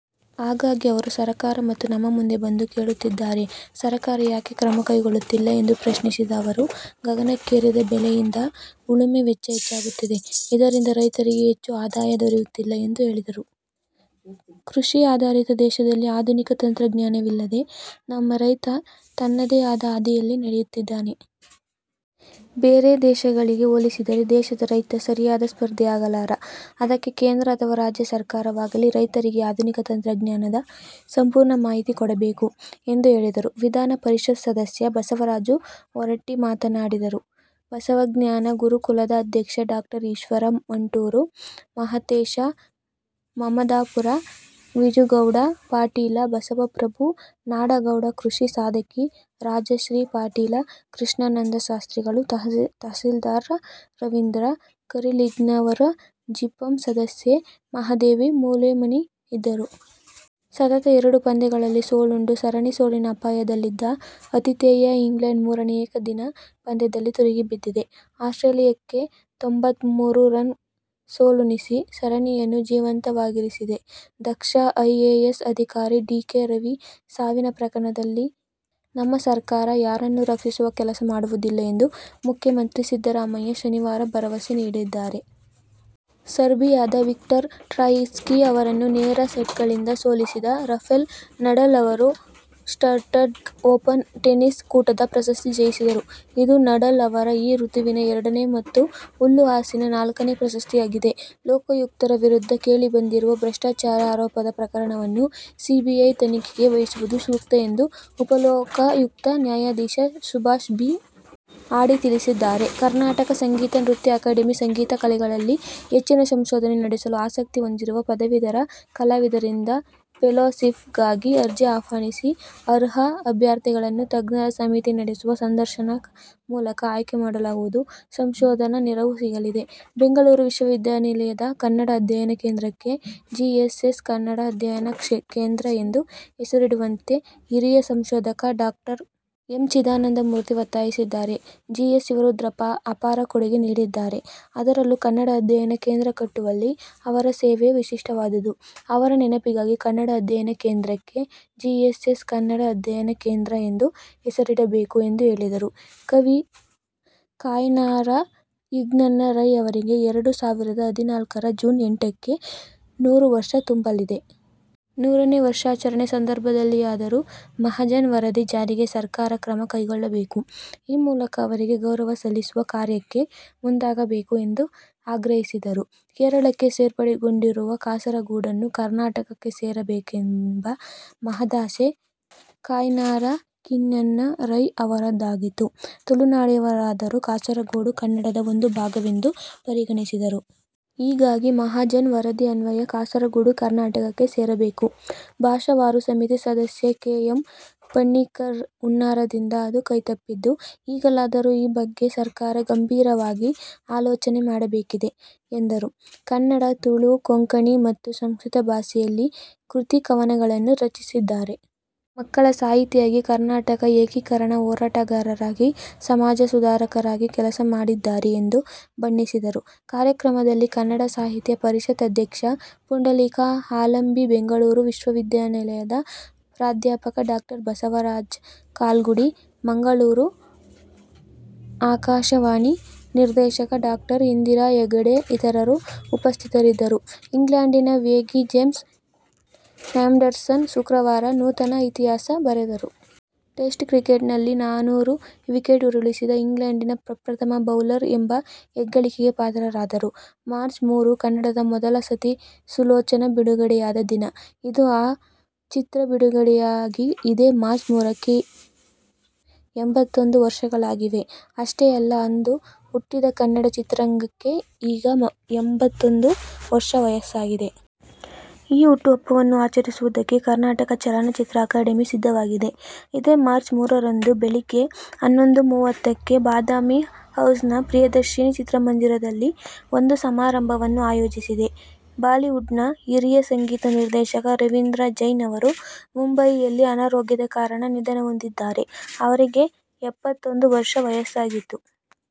ಹಾಗಾಗಿ ಅವರು ಸರಕಾರ ಮತ್ತು ನಮ್ಮ ಮುಂದೆ ಬಂದು ಕೇಳಿಕೊಳ್ಳುತ್ತಿದ್ದಾರೆ. ಸರಕಾರ ಯಾಕೆ ಕ್ರಮ ಕೈಗೊಳ್ಳುತ್ತಿಲ್ಲ ಎಂದು ಪ್ರಶ್ನಿಸಿದ ಅವರು, ಗಗನಕ್ಕೇರಿದ ಬೆಲೆಯಿಂದ ಉಳುಮೆ ವೆಚ್ಚ ಹೆಚ್ಚಾಗುತ್ತಿದೆ. ಇದರಿಂದ ರೈತರಿಗೆ ಹೆಚ್ಚು ಆದಾಯ ದೊರೆಯುತ್ತಿಲ್ಲ ಎಂದು ಹೇಳಿದರು. ಕೃಷಿ ಆಧಾರಿತ ದೇಶದಲ್ಲಿ ಅಧುನಿಕ ತಂತ್ರಜ್ಞಾನವಿಲ್ಲದೇ ನಮ್ಮ ರೈತ ತನ್ನದೇ ಆದ ಹಾದಿಯಲ್ಲಿ ನಡೆಯುತ್ತಿದ್ದಾನೆ. ಬೇರೆ ದೇಶಗಳಿಗೆ ಹೋಲಿಸಿದರೆ ದೇಶದ ರೈತ ಸರಿಯಾದ ಸ್ಪರ್ಧಿ ಆಗಲಾರ. ಅದಕ್ಕೆ ಕೇಂದ್ರ ಅಥವಾ ರಾಜ್ಯ ಸರಕಾರವಾಗಲಿ ರೈತರಿಗೆ ಆಧುನಿಕ ತಂತ್ರಜ್ಞಾನದ ಸಂಪೂರ್ಣ ಮಾಹಿತಿ ಕೊಡಬೇಕು ಎಂದು ಹೇಳಿದರು. ವಿಧಾನ ಪರಿಷತ್ ಸದಸ್ಯ ಬಸವರಾಜ ಹೊರಟ್ಟಿ ಮಾತನಾಡಿದರು. ಬಸವಜ್ಞಾನ ಗುರುಕುಲದ ಅಧ್ಯಕ್ಷ ಡಾ ಈಶ್ವರ ಮಂಟೂರ, ಮಹಾಂತೇಶ ಮಮದಾಪುರ, ವಿಜುಗೌಡ ಪಾಟೀಲ, ಬಸವಪ್ರಭು ನಾಡಗೌಡ, ಕೃಷಿ ಸಾಧಕಿ ರಾಜಶ್ರೀ ಪಾಟೀಲ, ಕೃಷ್ಣಾನಂದ ಶಾಸ್ತ್ರಿಗಳು, ತಹಶೀಲ್ದಾರ ರವೀಂದ್ರ ಕರಿಲಿಂಗನ್ನವರ, ಜಿಪಂ ಸದಸ್ಯೆ ಮಹಾದೇವಿ ಮೂಲಿಮನಿ ಇದ್ದರು. ಸತತ ಎರಡು ಪಂದ್ಯಗಳಲ್ಲಿ ಸೋಲುಂಡು ಸರಣಿ ಸೋಲಿನ ಅಪಾಯದಲ್ಲಿದ್ದ ಆತಿಥೇಯ ಇಂಗ್ಲೆಂಡ್ ಮೂರನೇ ಏಕದಿನ ಪಂದ್ಯದಲ್ಲಿ ತಿರುಗಿ ಬಿದ್ದಿದೆ. ಆಸ್ಟ್ರೇಲಿಯಕ್ಕೆ ತೊಂಬತ್ಮೂರು ರನ್ ಸೋಲುಣಿಸಿ ಸರಣಿಯನ್ನು ಜೀವಂತವಾಗಿರಿಸಿದೆ. ದಕ್ಷ ಐಎಎಸ್ ಅಧಿಕಾರಿ ಡಿ. ಕೆ. ರವಿ ಸಾವಿನ ಪ್ರಕರಣದಲ್ಲಿ ನಮ್ಮ ಸರ್ಕಾರ ಯಾರನ್ನೂ ರಕ್ಷಿಸುವ ಕೆಲಸ ಮಾಡುವುದಿಲ್ಲ ಎಂದು ಮುಖ್ಯಮಂತ್ರಿ ಸಿದ್ದರಾಮಯ್ಯ ಶನಿವಾರ ಭರವಸೆ ನೀಡಿದ್ದಾರೆ. ಸರ್ಬಿಯಾದ ವಿಕ್ಟರ್ ಟ್ರಾಯಿಸ್ಕಿ ಅವರನ್ನು ನೇರ ಸೆಟ್ಗಳಿಂದ ಸೋಲಿಸಿದ ರಫೆಲ್ ನಡಾಲ್ ಅವರು ಸ್ಟಟ್ಗರ್ಟ್ ಓಪನ್ ಟೆನಿಸ್ ಕೂಟದ ಪ್ರಶಸ್ತಿ ಜಯಿಸಿದರು. ಇದು ನಡಾಲ್ ಅವರ ಈ ಋತುವಿನ ಎರಡನೇ ಮತ್ತು ಹುಲ್ಲುಹಾಸಿನ ನಾಲ್ಕನೇ ಪ್ರಶಸ್ತಿಯಾಗಿದೆ. ಲೋಕಾಯುಕ್ತರ ವಿರುದ್ಧ ಕೇಳಿಬಂದಿರುವ ಭ್ರಷ್ಟಾಚಾರ ಆರೋಪದ ಪ್ರಕರಣವನ್ನು ಸಿಬಿಐ ತನಿಖೆಗೆ ವಹಿಸುವುದು ಸೂಕ್ತ ಎಂದು ಉಪಲೋಕಾಯುಕ್ತ ನ್ಯಾಯಾಧೀಶ ಸುಭಾಷ್ ಬಿ. ಅಡಿ ತಿಳಿಸಿದ್ದಾರೆ. ಕರ್ನಾಟಕ ಸಂಗೀತ ನೃತ್ಯ ಅಕಾಡೆಮಿ ಸಂಗೀತ ಕಲೆಗಳಲ್ಲಿ ಹೆಚ್ಚಿನ ಸಂಶೋಧನೆ ನಡೆಸಲು ಆಸಕ್ತಿ ಹೊಂದಿರುವ ಪದವೀಧರ ಕಲಾವಿದರಿಂದ ಫೆಲೋಶಿಪ್ಗಾಗಿ ಅರ್ಜಿ ಆಹ್ವಾನಿಸಿದೆ. ಅರ್ಹ ಅಭ್ಯರ್ಥಿಗಳನ್ನು ತಜ್ಞರ ಸಮಿತಿ ನಡೆಸುವ ಸಂದರ್ಶನ ಮೂಲಕ ಆಯ್ಕೆ ಮಾಡಲಾಗುವುದು. ಸಂಶೋಧನಾ ನೆರವು ಸಿಗಲಿದೆ. ಬೆಂಗಳೂರು ವಿಶ್ವವಿದ್ಯಾಲಯದ ಕನ್ನಡ ಅಧ್ಯಯನ ಕೇಂದ್ರಕ್ಕೆ ''ಜಿಎಸ್ಎಸ್ ಕನ್ನಡ ಅಧ್ಯಯನ ಕೇಂದ್ರ'' ಎಂದು ಹೆಸರಿಡುವಂತೆ ಹಿರಿಯ ಸಂಶೋಧಕ ಡಾ. ಎಂ. ಚಿದಾನಂದ ಮೂರ್ತಿ ಒತ್ತಾಯಿಸಿದ್ದಾರೆ. ಜಿ. ಎಸ್. ಶಿವರುದ್ರಪ್ಪ ಅಪಾರ ಕೊಡುಗೆ ನೀಡಿದ್ದಾರೆ. ಅದರಲ್ಲೂ ಕನ್ನಡ ಅಧ್ಯಯನ ಕೇಂದ್ರ ಕಟ್ಟುವಲ್ಲಿ ಅವರ ಸೇವೆ ವಿಶಿಷ್ಟವಾದುದು. ಅವರ ನೆನಪಿಗಾಗಿ ಕನ್ನಡ ಅಧ್ಯಯನ ಕೇಂದ್ರಕ್ಕೆ ಜಿಎಸ್ಎಸ್ ಕನ್ನಡ ಅಧ್ಯಯನ ಕೇಂದ್ರ ಎಂದು ಹೆಸರಿಡಬೇಕು ಎಂದು ಹೇಳಿದರು. ಕವಿ ಕಯ್ನಾರ ಕಿಞ್ಞಣ್ಣ ರೈ ಅವರಿಗೆ ಎರಡು ಸಾವಿರದ ಹದಿನಾಲ್ಕರ ಜೂನ್ ಎಂಟಕ್ಕೆ ನೂರು ವರ್ಷ ತುಂಬಲಿದೆ. ನೂರನೇ ವರ್ಷಾಚರಣೆ ಸಂದರ್ಭದಲ್ಲಿಯಾದರೂ ಮಹಾಜನ್ ವರದಿ ಜಾರಿಗೆ ಸರ್ಕಾರ ಕ್ರಮ ಕೈಗೊಳ್ಳಬೇಕು. ಈ ಮೂಲಕ ಅವರಿಗೆ ಗೌರವ ಸಲ್ಲಿಸುವ ಕಾರ್ಯಕ್ಕೆ ಮುಂದಾಗಬೇಕು ಎಂದು ಆಗ್ರಹಿಸಿದರು. ಕೇರಳಕ್ಕೆ ಸೇರ್ಪಡೆಗೊಂಡಿರುವ ಕಾಸರಗೋಡನ್ನು ಕರ್ನಾಟಕಕ್ಕೆ ಸೇರಿಸಬೇಕೆಂಬ ಮಹಾದಾಸೆ ಕಯ್ನಾರ ಕಿಞ್ಞಣ್ಣ ರೈ ಅವರದ್ದಾಗಿತ್ತು. ತುಳುನಾಡಿನವರಾದರೂ ಕಾಸರಗೋಡು ಕನ್ನಡದ ಒಂದು ಭಾಗವೆಂದು ಪರಿಗಣಿಸಿದ್ದರು. ಹೀಗಾಗಿ ಮಹಾಜನ್ ವರದಿ ಅನ್ವಯ ಕಾಸರಗೋಡು ಕರ್ನಾಟಕಕ್ಕೆ ಸೇರಬೇಕು. ಭಾಷಾವಾರು ಸಮಿತಿ ಸದಸ್ಯ ಕೆ. ಎಂ. ಫಣಿಕ್ಕರ್ರ ಹುನ್ನಾರದಿಂದ ಅದು ಕೈತಪ್ಪಿದ್ದು, ಈಗಲಾದರೂ ಈ ಬಗ್ಗೆ ಸರ್ಕಾರ ಗಂಭೀರವಾಗಿ ಆಲೋಚನೆ ಮಾಡಬೇಕಿದೆ ಎಂದರು. ಕನ್ನಡ, ತುಳು, ಕೊಂಕಣಿ ಮತ್ತು ಸಂಸ್ಕೃತ ಭಾಷೆಯಲ್ಲಿ ಕೃತಿ, ಕವನಗಳನ್ನು ರಚಿಸಿದ್ದಾರೆ. ಮಕ್ಕಳ ಸಾಹಿತಿಯಾಗಿ, ಕರ್ನಾಟಕ ಏಕೀಕರಣ ಹೋರಾಟಗಾರರಾಗಿ, ಸಮಾಜ ಸುಧಾರಕರಾಗಿ ಕೆಲಸ ಮಾಡಿದ್ದಾರೆ ಎಂದು ಬಣ್ಣಿಸಿದರು. ಕಾರ್ಯಕ್ರಮದಲ್ಲಿ ಕನ್ನಡ ಸಾಹಿತ್ಯ ಪರಿಷತ್ ಅಧ್ಯಕ್ಷ ಪುಂಡಲೀಕ ಹಾಲಂಬಿ. ಬೆಂಗಳೂರು ವಿಶ್ವವಿದ್ಯಾಲಯದ ಪ್ರಾಧ್ಯಾಪಕ ಡಾ. ಬಸವರಾಜ ಕಲ್ಗುಡಿ, ಮಂಗಳೂರು ಆಕಾಶವಾಣಿ ನಿರ್ದೇಶಕ ಡಾ. ಇಂದಿರಾ ಹೆಗ್ಗಡೆ ಇತರರು ಉಪಸ್ಥಿತರಿದ್ದರು. ಇಂಗ್ಲೆಂಡಿನ ವೇಗಿ ಜೇಮ್ಸ್ ಆ್ಯಂಡರ್ಸನ್ ಶುಕ್ರವಾರ ನೂತನ ಇತಿಹಾಸ ಬರೆದರು. ಟೆಸ್ಟ್ ಕ್ರಿಕೆಟ್ನಲ್ಲಿ ನಾನೂರು ವಿಕೆಟ್ ಉರುಳಿಸಿದ ಇಂಗ್ಲೆಂಡಿನ ಪ್ರಪ್ರಥಮ ಬೌಲರ್ ಎಂಬ ಹೆಗ್ಗಳಿಕೆಗೆ ಪಾತ್ರರಾದರು. ಮಾರ್ಚ್ ಮೂರು, ಕನ್ನಡದ ಮೊದಲ "ಸತಿ ಸುಲೋಚನಾ' ಬಿಡುಗಡೆಯಾದ ದಿನ ಇದು. ಆ ಚಿತ್ರ ಬಿಡುಗಡೆಯಾಗಿ ಇದೇ ಮಾರ್ಚ್ ಮೂರಕ್ಕೆ ಎಂಬತ್ತೊಂದು ವರ್ಷಗಳಾಗಲಿವೆ. ಅಷ್ಟೇ ಅಲ್ಲ, ಅಂದು ಹುಟ್ಟಿದ ಕನ್ನಡ ಚಿತ್ರರಂಗಕ್ಕೆ ಈಗ ಎಂಬತ್ತೊಂದು ವರ್ಷ ವಯಸ್ಸಾಗಿದೆ. ಈ ಹುಟ್ಟುಹಬ್ಬವನ್ನು ಆಚರಿಸುವುದಕ್ಕೆ ಕರ್ನಾಟಕ ಚಲನಚಿತ್ರ ಅಕಾಡೆಮಿ ಸಿದ್ಧವಾಗಿದೆ. ಇದೇ ಮಾರ್ಚ್ ಮೂರರಂದು ಬೆಳಿಗ್ಗೆ ಹನ್ನೊಂದು ಮೂವತ್ತಕ್ಕೆ ಬಾದಾಮಿ ಹೌಸ್ನ ಪ್ರಿಯದರ್ಶಿನಿ ಚಿತ್ರಮಂದಿರದಲ್ಲಿ ಒಂದು ಸಮಾರಂಭವನ್ನು ಆಯೋಜಿಸಿದೆ. ಬಾಲಿವುಡ್ನ ಹಿರಿಯ ಸಂಗೀತ ನಿರ್ದೇಶಕ ರವೀಂದ್ರ ಜೈನ್ ಅವರು ಮುಂಬಯಿಯಲ್ಲಿ ಅನಾರೋಗ್ಯದ ಕಾರಣ ನಿಧನ ಹೊಂದಿದ್ದಾರೆ. ಅವರಿಗೆ ಎಪ್ಪತ್ತೊಂದು ವರ್ಷ ವಯಸ್ಸಾಗಿತ್ತು.